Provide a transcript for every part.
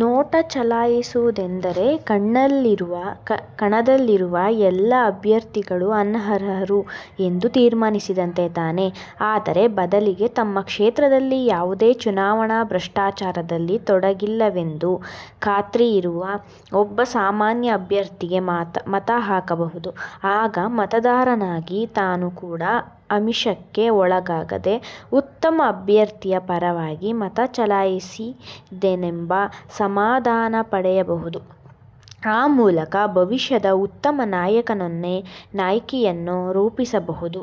'NOTA' ಚಲಾಯಿಸುವುದೆಂದರೆ, ಕಣದಲ್ಲಿರುವ ಎಲ್ಲ ಅಭ್ಯರ್ಥಿಗಳೂ ಅನರ್ಹರು ಎಂದು ತೀರ್ಮಾನಿಸಿದಂತೆ ತಾನೆ? ಅದರ ಬದಲಿಗೆ, ತಮ್ಮ ಕ್ಷೇತ್ರದಲ್ಲಿ ಯಾವುದೇ ಚುನಾವಣಾ ಭ್ರಷ್ಟಾಚಾರದಲ್ಲಿ ತೊಡಗಿಲ್ಲವೆಂದು ಖಾತ್ರಿಯಿರುವ ಒಬ್ಬ ಸಾಮಾನ್ಯ ಅಭ್ಯರ್ಥಿಗೇ ಮತ ಹಾಕಬಹುದು. ಆಗ ಮತದಾರನಾಗಿ ತಾನು ಕೂಡ ಆಮಿಷಕ್ಕೆ ಒಳಗಾಗದೆ ಉತ್ತಮ ಅಭ್ಯರ್ಥಿಯ ಪರವಾಗಿ ಮತ ಚಲಾಯಿಸಿದೆನೆಂಬ ಸಮಾಧಾನಪಡೆಯಬಹುದು; ಆ ಮೂಲಕ ಭವಿಷ್ಯದ ಉತ್ತಮ ನಾಯಕನನ್ನೋ, ನಾಯಕಿಯನ್ನೋ ರೂಪಿಸಬಹುದು.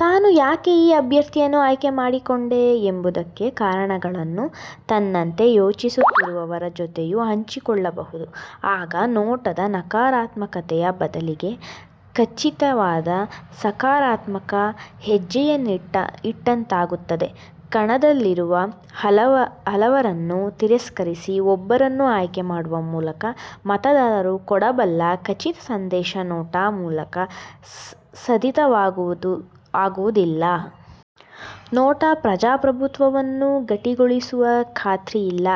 ತಾನು ಯಾಕೆ ಈ ಅಭ್ಯರ್ಥಿಯನ್ನು ಆಯ್ಕೆ ಮಾಡಿಕೊಂಡೆ ಎಂಬುದಕ್ಕೆ ಕಾರಣಗಳನ್ನು ತನ್ನಂತೆ ಯೋಚಿಸುತ್ತಿರುವವರ ಜೊತೆಯೂ ಹಂಚಿಕೊಳ್ಳಬಹುದು. ಆಗ 'ನೋಟಾ'ದ ನಕರಾತ್ಮಕತೆಯ ಬದಲಿಗೆ ಖಚಿತವಾದ ಸಕಾರಾತ್ಮಕ ಹೆಜ್ಜೆಯನ್ನಿಟ್ಟಂತಾಗುತ್ತದೆ. ಕಣದಲ್ಲಿರುವ ಹಲವರನ್ನು ತಿರಸ್ಕರಿಸಿ, ಒಬ್ಬರನ್ನು ಆಯ್ಕೆ ಮಾಡುವ ಮೂಲಕ ಮತದಾರರು ಕೊಡಬಲ್ಲ ಖಚಿತ ಸಂದೇಶ 'ನೋಟಾ' ಮೂಲಕ ಸಾಧಿತವಾಗುವುದಿಲ್ಲ. 'ನೋಟಾ' ಪ್ರಜಾಪ್ರಭುತ್ವವನ್ನು ಗಟ್ಟಿಗೊಳಿಸುವ ಖಾತ್ರಿಯಿಲ್ಲ.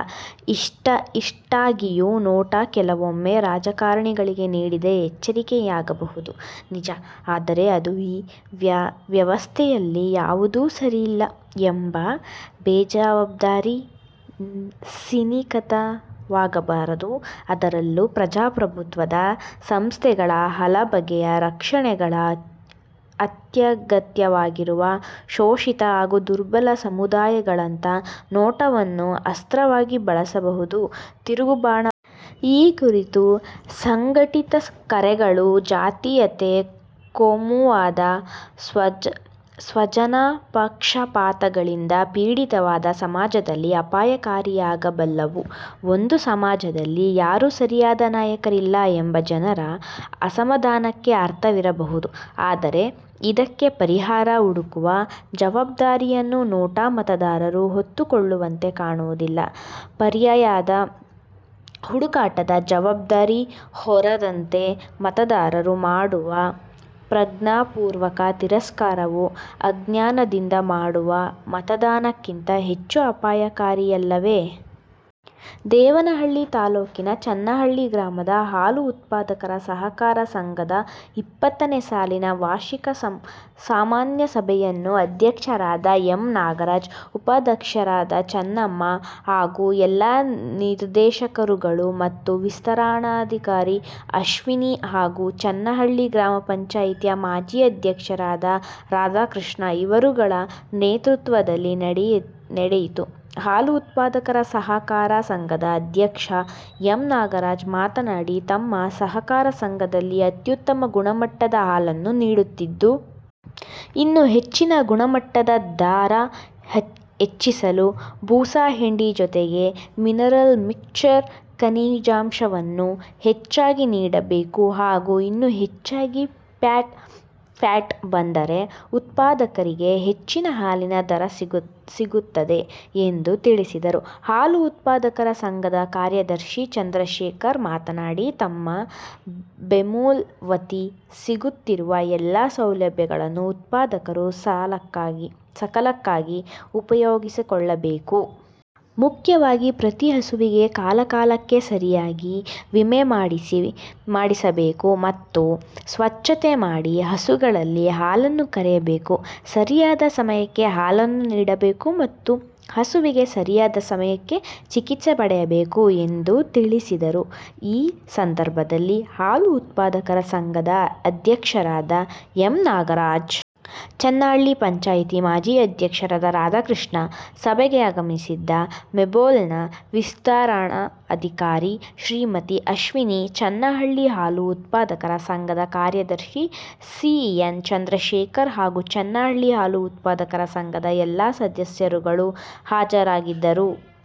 ಇಷ್ಟಾಗಿಯೂ, 'ನೋಟಾ' ಕೆಲವೊಮ್ಮೆ ರಾಜಕಾರಣಿಗಳಿಗೆ ನೀಡಿದ ಎಚ್ಚರಿಕೆಯಾಗಬಹುದು, ನಿಜ. ಆದರೆ ಅದು 'ಈ ವ್ಯವಸ್ಥೆಯಲ್ಲಿ ಯಾವುದೂ ಸರಿಯಲ್ಲ' ಎಂಬ ಬೇಜವಾಬ್ದಾರಿ ಸಿನಿಕತನವಾಗಬಾರದು. ಅದರಲ್ಲೂ, ಪ್ರಜಾಪ್ರಭುತ್ವದ ಸಂಸ್ಥೆಗಳ ಹಲಬಗೆಯ ರಕ್ಷಣೆಗಳು ಅತ್ಯಗತ್ಯವಾಗಿರುವ ಶೋಷಿತ ಹಾಗೂ ದುರ್ಬಲ ಸಮುದಾಯಗಳಂತೂ 'ನೋಟಾ'ವನ್ನು ಅಸ್ತ್ರವಾಗಿ ಬಳಸುವುದು ತಿರುಗುಬಾಣ ಈ ಕುರಿತ ಸಂಘಟಿತ ಕರೆಗಳು ಜಾತೀಯತೆ, ಕೋಮುವಾದ, ಸ್ವಜನಪಕ್ಷಪಾತಗಳಿಂದ ಪೀಡಿತವಾದ ಸಮಾಜದಲ್ಲಿ ಅಪಾಯಕಾರಿಯಾಗಬಲ್ಲವು. ಒಂದು ಸಮಾಜದಲ್ಲಿ ಯಾರೂ ಸರಿಯಾದ ನಾಯಕರಿಲ್ಲ ಎಂಬ ಜನರ ಅಸಮಾಧಾನಕ್ಕೆ ಅರ್ಥವಿರಬಹುದು. ಆದರೆ ಇದಕ್ಕೆ ಪರಿಹಾರ ಹುಡುಕುವ ಜವಾಬ್ದಾರಿಯನ್ನು 'ನೋಟಾ' ಮತದಾರರು ಹೊತ್ತುಕೊಳ್ಳುವಂತೆ ಕಾಣುವುದಿಲ್ಲ. ಪರ್ಯಾಯದ ಹುಡುಕಾಟದ ಜವಾಬ್ದಾರಿ ಹೊರದಂಥ ಮತದಾರರು ಮಾಡುವ ಪ್ರಜ್ಞಾಪೂರ್ವಕ ತಿರಸ್ಕಾರವು ಅಜ್ಞಾನದಿಂದ ಮಾಡುವ ಮತದಾನಕ್ಕಿಂತ ಹೆಚ್ಚು ಅಪಾಯಕಾರಿಯಲ್ಲವೇ? ದೇವನಹಳ್ಳಿ ತಾಲ್ಲೂಕಿನ ಚನ್ನಹಳ್ಳಿ ಗ್ರಾಮದ ಹಾಲು ಉತ್ಪಾದಕರ ಸಹಕಾರ ಸಂಘದ ಇಪ್ಪತ್ತನೇ ಸಾಲಿನ ವಾರ್ಷಿಕ ಸಾಮಾನ್ಯ ಸಭೆಯನ್ನು ಅಧ್ಯಕ್ಷರಾದ ಎಮ್ ನಾಗರಾಜ್. ಉಪಾಧ್ಯಕ್ಷರಾದ ಚನ್ನಮ್ಮ. ಹಾಗು ಎಲ್ಲ ನಿರ್ದೇಶಕರುಗಳು ಮತ್ತು ವಿಸ್ತರಣಾಧಿಕಾರಿ ಅಶ್ವಿನಿ ಹಾಗು ಚನ್ನಹಳ್ಳಿ ಗ್ರಾಮಪಂಚಾಯಿತಿ ಮಾಜಿ ಅಧ್ಯಕ್ಷರಾದ ರಾಧಕೃಷ್ಣ ಇವರುಗಳ ನೇತೃತ್ವದಲ್ಲಿ ನಡೆಯಿತು ಹಾಲು ಉತ್ಪದಕರ ಸಹಕಾರ ಸಂಘದ ಅಧ್ಯಕ್ಷ ಎಮ್ ನಾಗಾರಾಜ್ ಮಾತನಾಡಿ ನಮ್ಮ ಸಹಕಾರ ಸಂಘದಲ್ಲಿ ಅತ್ಯುತಮ ಗುಣಮಟ್ಟದ ಹಾಲನ್ನು ನೀಡುತ್ತಿದ್ದು. ಇನ್ನು ಹೆಚ್ಚಿನ ಗುಣಮಟ್ಟ ಧರ ಹೆಚ್ಚಿಸಲು ಬೂಸಾ ಹಿಂಡಿ ಜೊತೆಗೆ ಮಿನಿರಲ್ ಮಿಚರ್ ಕನಿಜಾಂಶವನ್ನು ಹೆಚ್ಚಾಗಿ ನೀಡಬೇಕು ಹಾಗ ಇನ್ನು ಹೆಚ್ಚಾಗಿ ಪ್ಯಾಟ್ ಬಂದ್ದರೆ ಉತ್ಪದಕರಿಗೆ ಹೆಚ್ಚಿನ ಹಾಲಿನ ಧರ ಸಿಗುತದೆ ಎಂದು ತಿಳಿಸಿದರು ಹಾಲು ಉತ್ಪಾದಕರ ಸಂಘದ ಕಾರ್ಯದಶಿ ಚಂದ್ರಶೇಖರ್ ಮಾತನಾಡಿ ನಮ್ಮ ಬೆಮೂಲ್ ವತಿ ಸಿಗುತ್ತಿರುವ ಎಲ್ಲ ಸೌಲಭ್ಯಗಳನ್ನು ಉತ್ಪದಕರು ಸಕಾಲಕ್ಕೆ ಉಪಯೋಗಿಸಕೊಳಬೇಕು. ಮುಖ್ಯವಾಗಿ ಪ್ರತಿ ಹಸುವಿಗೆ ಕಲಾಕಾಲಕೆ ಸರಿಯಾಗಿ ವಿಮೆಮಾಡಿಸ ಬೇಕು ಮತ್ತು ಸ್ವಚ್ಛತೆ ಮಾಡಿ ಹಸುಗಳಲ್ಲಿ ಹಾಲನ್ನು ಕರೆಯಬೇಕು ಸರಿಯಾದ ಸಮಯಕೆ ಹಾಲನ್ನು ನೀಡಬೇಕು ಮತ್ತು ಹಸುವಿಗೆ ಸರಿಯಾದ ಸಮಯಕೆ ಚಿಕಿತ್ಸೆ ಪಡೆಯಬೇಕು ಎಂದು ತಿಳ್ಳಿಸಿದರು ಈ ಸಂದರ್ಭದಲ್ಲಿ ಹಾಲು ಉತ್ಪದಕರ ಸಂಘದ ಅಧ್ಯಕ್ಷರಾದ ಎಮ್ ನಾಗರಾಜ್. ಚನ್ನಹಳ್ಳಿ ಪಂಚಾಯಿತಿ ಮಾಜಿ ಅಧ್ಯಕ್ಷರಾದ ರಾಧಕೃಷ್ಣ. ಸಭೆಗೆ ಆಗಮಿಸಿದ್ದ ಬೆಮೂಲ್ ನ ವಿಸ್ತರಣ ಅಧಿಕಾರಿ ಶ್ರೀಮತಿ ಅಶ್ವಿನಿ. ಚನ್ನಹಳ್ಳಿ ಹಾಲು ಉತ್ಪದಕರ ಸಂಘದ ಕಾರ್ಯದರ್ಶಿ ಸಿ ಎನ್ ಚಂದ್ರಶೇಖರ್ ಹಾಗು ಚನ್ನಹಳ್ಳಿ ಹಾಲು ಉತ್ಪದಕರ ಸಂಘದ ಎಲ್ಲ ಸದಸ್ಯರುಗಳು ಹಾಜರಿದ್ದರು